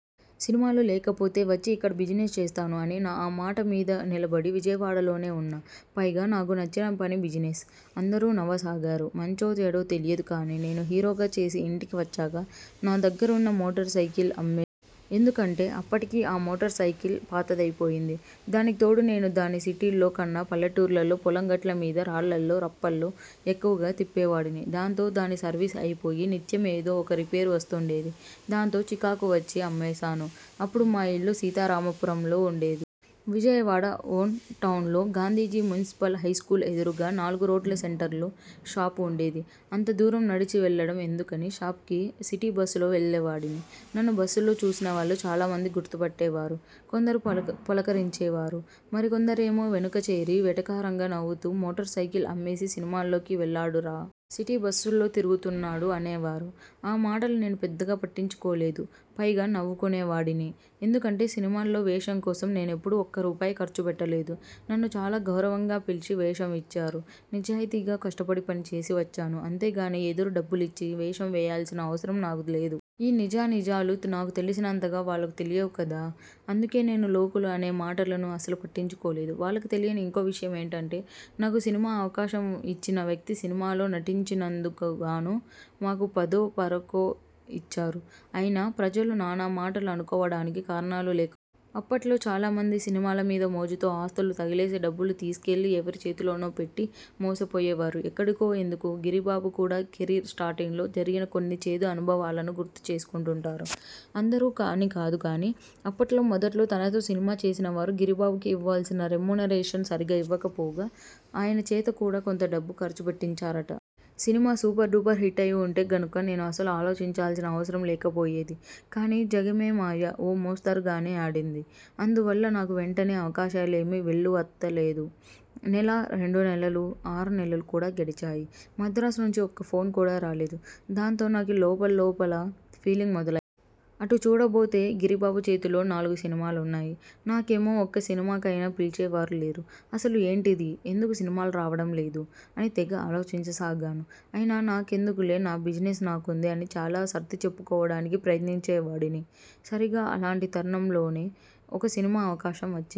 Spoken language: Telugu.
సినిమాలు లేకపోతే వచ్చి ఇక్కడ బిజినెస్ చేస్తాను' అని. ఆ మాటమీద నిలబడి విజయవాడలోనే ఉన్నా. పైగా నాకు నచ్చిన పని బిజినెస్. అందరూ నవ్వసాగారు! మంచో, చెడో తెలియదు కానీ నేను హీరోగా చేసి ఇంటికి వచ్చాక నా దగ్గరున్న మోటార్ సైకిల్ అమ్మేశాను. ఎందుకంటే అప్పటికే ఆ మోటార్సైకిల్ పాతదైపోయింది. దానికితోడు నేను దాన్ని సిటీల్లో కన్నా పల్లెటూర్లల్లో పొలం గట్ల మీద, రాళ్లల్లో రప్పల్లో ఎక్కువగా తిప్పేవాడిని. దాంతో దాని సర్వీస్ అయిపోయి నిత్యం ఏదో ఒక రిపేరు వస్తుండేది. దాంతో చికాకు వచ్చి అమ్మేశాను. అప్పుడు మా ఇల్లు సీతారామపురంలో ఉండేది. విజయవాడ ఒన్ టౌన్లో గాంధీజీ మున్సిపల్ హైస్కూల్ ఎదురుగా నాలుగురోడ్ల సెంటర్లో షాప్ ఉండేది. అంతదూరం నడిచి వెళ్లడం ఎందుకని షాప్కి సిటీబస్సులో వెళ్లేవాడిని. నన్ను బస్సుల్లో చూసినవాళ్లు చాలామంది గుర్తుపట్టేవారు. కొందరు పలకరించేవారు. మరికొందరేమో వెనుకచేరి వెటకారంగా నవ్వుతూ 'మోటార్సైకిల్ అమ్మేసి సినిమాల్లోకి వెళ్లాడురా. సిటీ బస్సుల్లో తిరుగుతున్నాడు' అనేవారు. ఆ మాటలు నేను పెద్దగా పట్టించుకోలేదు. పైగా నవ్వుకునేవాడిని. ఎందుకంటే సినిమాల్లో వేషంకోసం నేనెప్పుడూ ఒక్క రూపాయి ఖర్చుపెట్టలేదు. నన్ను చాలా గౌరవంగా పిలిచి వేషం ఇచ్చారు. నిజాయతీగా కష్టపడి పనిచేసి వచ్చాను. అంతేగానీ ఎదురు డబ్బులిచ్చి వేషం వేయాల్సిన అవసరం నాకు లేదు. ఈ నిజానిజాలు నాకు తెలిసినంతగా వాళ్లకు తెలియవు కదా. అందుకే నేను లోకులు అనే మాటలను అసలు పట్టించుకోలేదు. వాళ్లకి తెలియని ఇంకో విషయం ఏంటంటే, నాకు సినిమా అవకాశం ఇచ్చిన వ్యక్తి సినిమాలో నటించినందుకుగానూ మాకు పదో, పరకో ఇచ్చారు. అయినా, ప్రజలు నానా మాటలు అనుకోవడానికి కారణాలు లేకపోలేదు. అప్పట్లో చాలామంది సినిమాల మీద మోజుతో ఆస్తులు తగలేసి డబ్బులు తీసుకెళ్లి ఎవరి చేతిలోనోపెట్టి మోసపోయేవారు. ఎక్కడికో ఎందుకు? గిరిబాబు కూడా కెరీర్ స్టార్టింగ్లో జరిగిన కొన్ని చేదు అనుభవాలను గుర్తు చేసుకుంటుంటారు. అందరూ అని కాదు కానీ, అప్పట్లో మొదట్లో తనతో సినిమా చేసినవారు గిరిబాబుకు ఇవ్వాల్సిన రెమ్యూనరేషన్ సరిగా ఇవ్వకపోగా, ఆయన చేత కూడా కొంతడబ్బు ఖర్చు పెట్టించారట. సినిమా సూపర్ డూపర్ హిట్ అయి ఉంటే గనుక నేను అసలు ఆలోచించాల్సిన అవసరం లేకపోయేది. కానీ 'జగమేమాయ' ఓ మోస్తరుగానే ఆడింది. అందువల్ల నాకు వెంటనే అవకాశాలేమీ వెల్లువెత్తలేదు. నెలా, రెండునెలలూ, ఆరు నెలలు కూడా గడిచాయి. మద్రాసునుంచి ఒక్కఫోన్ కూడా రాలేదు. దాంతో నాకు లోపల్లోపల ఫీలింగ్ మొదలైంది. అటు చూడబోతే గిరిబాబుచేతిలో నాలుగు సినిమాలున్నాయి. నాకేమో ఒక్క సినిమాకైనా పిలిచేవారు లేరు. 'అసలు ఏంటిది? ఎందుకు సినిమాలు రావడం లేదు? ' అని తెగ ఆలోచించసాగాను. అయినా నాకెందుకులే, నా బిజినెస్ నాకుంది అని చాలా సర్దిచెప్పుకోవడానికి ప్రయత్నించేవాడిని. సరిగా అలాంటి తరుణంలోనే ఒక సినిమా అవకాశం వచ్చింది.